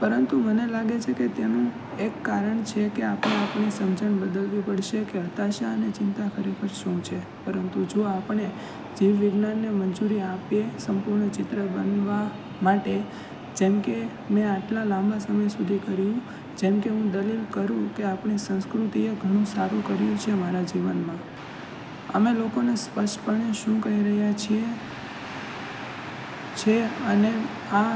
પરંતુ મને લાગે છે કે તેનું એક કારણ છે કે આપણે આપણી સમજણ બદલવી પડશે કે હતાશા અને ચિંતા ખરેખર શું છે. પરંતુ જો આપણે જીવ વિજ્ઞાનને મંજૂરી આપીએ સંપૂર્ણ ચિત્ર બનવા માટે, જેમ કે મેં આટલા લાંબા સમય સુધી કર્યું, જેમ કે હું દલીલ કરું કે આપણી સંસ્કૃતિએ ઘણું સારું કર્યું છે મારા જીવનમાં. અમે લોકોને સ્પષ્ટપણે શું કહી રહ્યા છીએ છે અને આ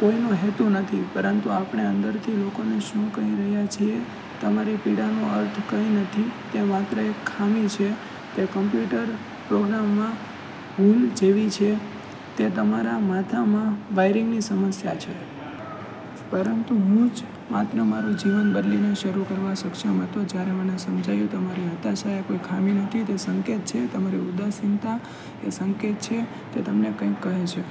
કોઈનો હેતુ નથી, પરંતુ આપને અંદરથી લોકોને શું કહી રહ્યા છીએ, "તમારી પીડા નો અર્થ કંઈ નથી. તે માત્ર એક ખામી છે. તે કમ્પ્યુટર પ્રોગ્રામમાં ભૂલ જેવી છે, તે તમારા માથામાં વાયરિંગની સમસ્યા છે." પરંતુ હું જ માત્ર મારું જીવન બદલીને શરૂ કરવા સક્ષમ હતો જ્યારે મને સમજાયું તમારી હતાશા એ કોઈ ખામી નથી. તે સંકેત છે. તમારી ઉદાસીનતા એ સંકેત છે. તે તમને કંઈક કહે છે.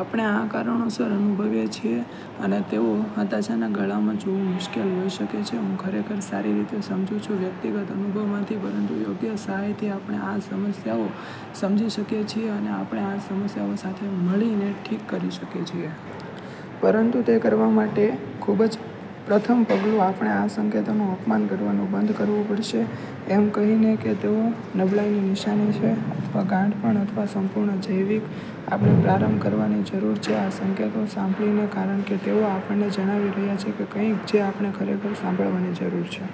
આપણે આ કારણોસર અનુભવીએ છીએ, અને તેઓ હતાશાના ગળામાં જોવા મુશ્કેલ હોઈ શકે છે. હું તે ખરેખર સારી રીતે સમજું છું વ્યક્તિગત અનુભવ માંથી. પરંતુ યોગ્ય સહાયથી આપણે આ સમસ્યાઓ સમજી શકીએ છીએ અને આપણે આ સમસ્યાઓ સાથે મળીને ઠીક કરી શકીએ છીએ. પરંતુ તે કરવા માટે ખૂબ જ પ્રથમ પગલું આપણે આ સંકેતોનું અપમાન કરવાનું બંધ કરવું પડશે એમ કહીને કે તેઓ નબળાઇની નિશાની છે અથવા ગાંડપણ અથવા સંપૂર્ણ જૈવિક. આપણે પ્રારંભ કરવાની જરૂર છે આ સંકેતો સાંભળીને કારણ કે તેઓ આપણને જણાવી રહ્યાં છે કંઈક જે આપણે ખરેખર સાંભળવાની જરૂર છે.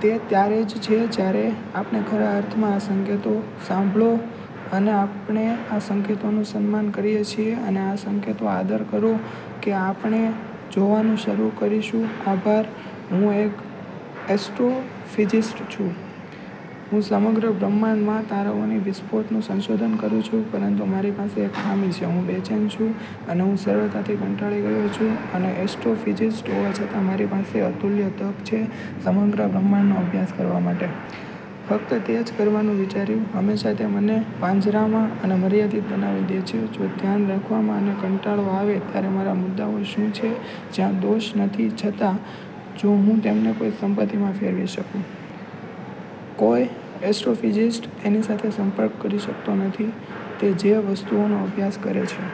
તે ત્યારે જ છે જ્યારે આપણે ખરા અર્થમાં આ સંકેતો સાંભળો, અને આપણે આ સંકેતોનું સન્માન કરીએ છીએ અને આ સંકેતોનો આદર કરો, કે આપણે જોવાનું શરૂ કરીશું. આભાર. હું એક એસ્ટ્રોફિઝિસ્ટ છું. હું સમગ્ર બ્રહ્માંડમાં તારાઓની વિસ્ફોટોનું સંશોધન કરું છું. પરંતુ મારી પાસે એક ખામી છે. હું બેચેન છું, અને હું સરળતાથી કંટાળી ગયો છું. અને એસ્ટ્રોફિઝિસ્ટ હોવા છતાં મારી પાસે અતુલ્ય તક છે સમગ્ર બ્રહ્માંડનો અભ્યાસ કરવા માટે. ફક્ત તે જ કરવાનું વિચાર્યું. હંમેશાં તે મને પાંજરામાં અને મર્યાદિત બનાવી દે છે. જો ધ્યાન રાખવામાં અને કંટાળો આવે ત્યારે મારા મુદ્દાઓ શું છે જ્યાં દોષ નથી, છતાં? જો હું તેમને કોઈ સંપત્તિમાં ફેરવી શકું? કોઈ એસ્ટ્રોફિઝિસ્ટ તેની સાથે સંપર્ક કરી શકતો નથી તે જે વસ્તુઓનો અભ્યાસ કરે છે.